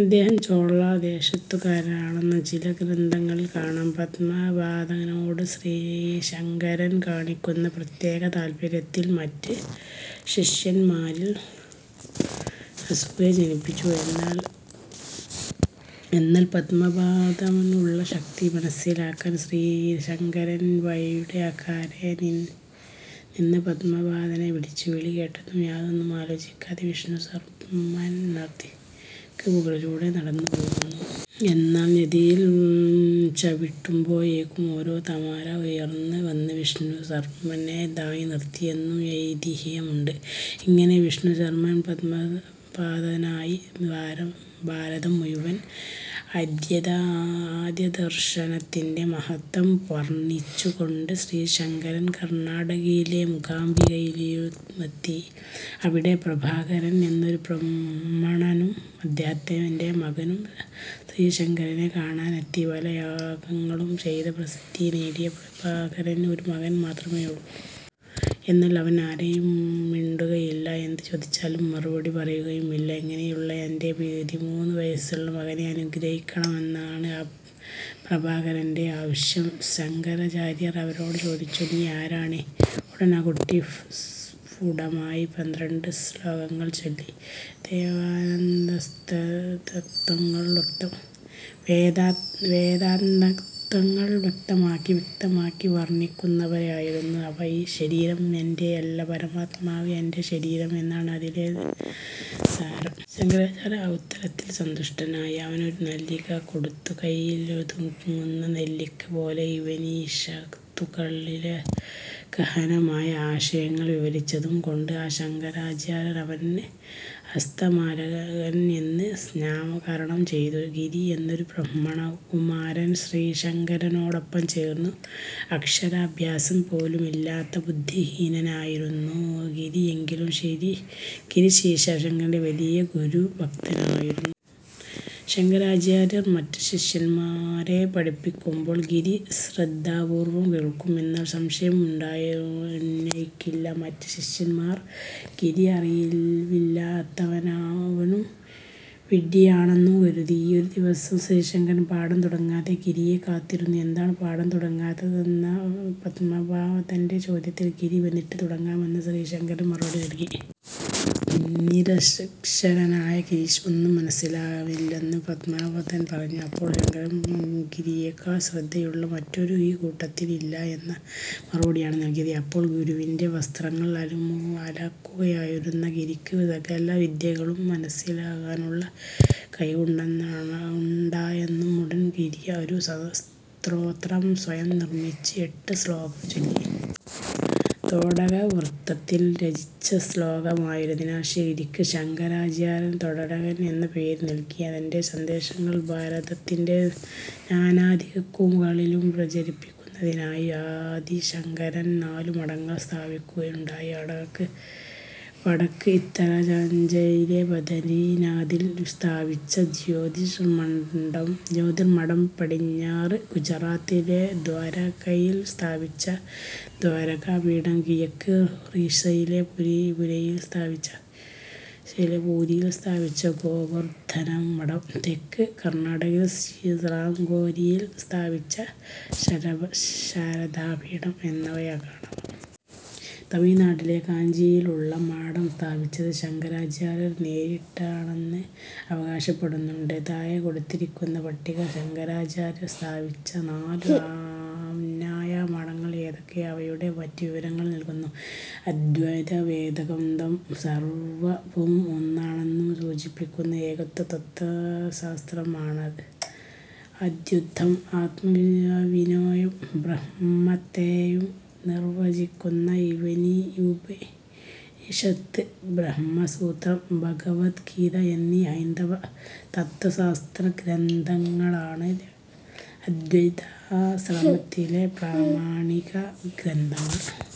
അദ്ദേഹം ചോള ദേശത്തുകാരനാണെന്നും ചില ഗ്രന്ഥങ്ങളിൽ കാണാം. പദ്മപാദനോട് ശ്രീശങ്കരൻ കാണിക്കുന്ന പ്രത്യേക താല്പര്യത്തിൽ മറ്റ് ശിഷ്യന്മാരിൽ അസൂയ ജനിപ്പിച്ചു. എന്നാൽ പദ്മപാദനുള്ള ഭക്തി മനസ്സിലാക്കാൻ ശ്രീശങ്കരൻ പുഴയുടെ അക്കരെ നിന്ന പദ്മപാദനെ വിളിച്ചു. വിളി കേട്ടതും യാതൊന്നും ആലോചിക്കാതെ വിഷ്ണുശർമ്മൻ നദിക്ക് മുകളിലൂടെ നടന്ന് വന്നു. എന്നാൽ നദിയിൽ ചവിട്ടുമ്പോഴൊക്കെ ഓരോ താമര ഉയർന്ന് വന്ന് വിഷ്ണുശർമ്മനെ താങ്ങി നിർത്തി എന്നും ഐതിഹ്യമുണ്ട്. അങ്ങനെ വിഷ്ണുശർമ്മൻ പദ്മപാദനായി. ഭാരതം മുഴുവൻ അദ്വൈതആദ്യ ദർശനത്തിന്റെ മഹത്ത്വം വർണ്ണിച്ചു കൊണ്ട് ശ്രീശങ്കരൻ കർണ്ണാടകയിലെ മൂകാംബികയിലുമെത്തി. അവിടെ പ്രഭാകരൻ എന്നൊരു ബ്രാഹ്മണനും അദ്ദേഹത്തിന്റെ മകനും ശ്രീശങ്കരനെ കാണാനെത്തി. പല യാഗങ്ങളും ചെയ്ത പ്രസിദ്ധി നേടിയ പ്രഭാകരന് ഒരു മകൻ മാത്രമേയുള്ളു. എന്നാൽ അവൻ ആരോടും മിണ്ടുകയില്ല; എന്ത് ചോദിച്ചാലും മറുപടി പറയുകയുമില്ല. ഇങ്ങനെയുള്ള തന്റെ പതിമൂന്ന് വയസ്സുള്ള മകനെ അനുഗ്രഹിക്കണമെന്നാണ് പ്രഭാകരന്റെ ആവശ്യം. ശങ്കരാചാര്യർ അവനോട് ചോദിച്ചു "നീ ആരാണ്? " ഉടൻ ആ കുട്ടി സ്ഫുടമായി പന്ത്രണ്ട് ശ്ലോകങ്ങൾ ചൊല്ലി. വേദാന്തതത്ത്വങ്ങൾ വ്യക്തമായി വ്യക്തമായി വർണ്ണിക്കുന്നവയായിരുന്നു അവ ഈ ശരീരം എന്റെയല്ല പരമാത്മാവാണ് എന്റെ ശരീരം എന്നാണ് അതിലെ സാരം. ശങ്കരാചാര്യർ ആ ഉത്തരത്തിൽ സന്തുഷ്ടനായി അവനൊരു നെല്ലിക്ക കൊടുത്തു. കൈയിലൊതുങ്ങുന്ന നെല്ലിക്ക പോലെ ഉപനിഷത്തുകളിലെ ഗഹനമായ ആശയങ്ങൾ വിവരിച്ചതു കൊണ്ട് ശങ്കരാചാര്യർ അവന് ഹസ്തമാലകൻ എന്ന് നാമകരണം ചെയ്തു. ഗിരി എന്നൊരു ബ്രാഹ്മണകുമാരൻ ശ്രീശങ്കരനോടൊപ്പം ചേർന്നു. അക്ഷരാഭ്യാസം പോലുമില്ലാത്ത ബുദ്ധിഹീനനായിരുന്നു ഗിരി. എങ്കിലും ഗിരി ശ്രീശങ്കരന്റെ വലിയ ഗുരു ഭക്തനായിരുന്നു. ശങ്കരാചാര്യർ മറ്റ് ശിഷ്യന്മാരെ പഠിപ്പിക്കുമ്പോൾ ഗിരി ശ്രദ്ധാപൂർവം കേൾക്കും. എന്നാൽ സംശയം ഉന്നയിക്കില്ല. മറ്റ് ശിഷ്യന്മാർ ഗിരി അറിവില്ലാത്തവനും വിഡ്ഢിയാണെന്ന് കരുതി. ഒരു ദിവസം ശ്രീശങ്കരൻ പാഠം തുടങ്ങാതെ ഗിരിയെ കാത്തിരുന്നു. എന്താണ് പാഠം തുടങ്ങാത്തതെന്ന പദ്മപാദന്റെ ചോദ്യത്തിന് ഗിരി വന്നിട്ട് തുടങ്ങാമെന്ന് ശ്രീശങ്കരൻ മറുപടി നൽകി. നിരക്ഷരനായ ഗിരിക്ക് ഒന്നും മനസ്സിലാവില്ലെന്ന് പദ്മപാദർ പറഞ്ഞു. അപ്പോൾ ശങ്കരൻ ഗിരിയേക്കാൾ ശ്രദ്ധയുള്ള മറ്റാരും ഈ കൂട്ടത്തിലില്ല എന്ന മറുപടിയാണ് നൽകിയത്. അപ്പോൾ ഗുരുവിന്റെ വസ്ത്രങ്ങൾ അലക്കുകയായിരുന്ന ഗിരിക്ക് സകലവിദ്യകളും മനസ്സിലാക്കാനുള്ള കഴിവുണ്ടായെന്നും ഉടൻ ഗിരി ഒരു സ്തോത്രം സ്വയം നിർമ്മിച്ച് എട്ട് ശ്ലോകം ചൊല്ലി. തോടകവൃത്തത്തിൽ രചിച്ച ശ്ലോകമായതിനാൽ ഗിരിക്ക് ശങ്കരാചാര്യർ തോടകൻ എന്ന പേര് നൽകി. തന്റെ സന്ദേശങ്ങൾ ഭാരതത്തിന്റെ നാനാദിക്കുകളിലും പ്രചരിപ്പിക്കുന്നതിനായി ആദിശങ്കരൻ നാലു മഠങ്ങൾ സ്ഥാപിക്കുകയുണ്ടായി. വടക്ക് ഉത്തരാഞ്ചലിലെ ബദരിനാഥിൽ സ്ഥാപിച്ച ജ്യോതിർമഠം, പടിഞ്ഞാറ് ഗുജറാത്തിലെ ദ്വാരകയിൽ സ്ഥാപിച്ച ദ്വാരകാപീഠം, കിഴക്ക് ഒറീസ്സയിലെപുരിയിൽ സ്ഥാപിച്ച ഗോവർദ്ധനമഠം, തെക്ക് കർണാടകയിലെ ശൃംഗേരിയിൽ സ്ഥാപിച്ച ശാരദാപീഠം എന്നിവയാണവ. തമിഴ്നാട്ടിലെ കാഞ്ചിയിലുള്ള മഠം സ്ഥാപിച്ചത് ശങ്കരാചാര്യർ നേരിട്ടാണെന്ന് അവകാശപ്പെടുന്നുണ്ട്. താഴെക്കൊടുത്തിരിക്കുന്ന പട്ടിക, ശങ്കരാചാര്യർ സ്ഥാപിച്ച നാലു ആമ്നായ മഠങ്ങൾ ഏതെന്നും അവയുടെ മറ്റ് വിവരങ്ങളും നൽകുന്നു. അദ്വൈതവേദാന്തം സർവ്വവും ഒന്നാണെന്നു സൂചിപ്പിക്കുന്ന ഏകത്വ തത്ത്വശാസ്ത്രമാണു്. അദ്വൈതം ആത്മാവിനേയും ബ്രഹ്മത്തേയും നിർവചിക്കുന്നു. ഉപനിഷത്ത്, ബ്രഹ്മസൂത്രം, ഭഗവദ്ഗീത എന്നീ ഹൈന്ദവ തത്ത്വശാസ്ത്രഗ്രന്ഥങ്ങളാണു് അദ്വൈതാശ്രമത്തിലെ പ്രാമാണിക ഗ്രന്ഥങ്ങൾ.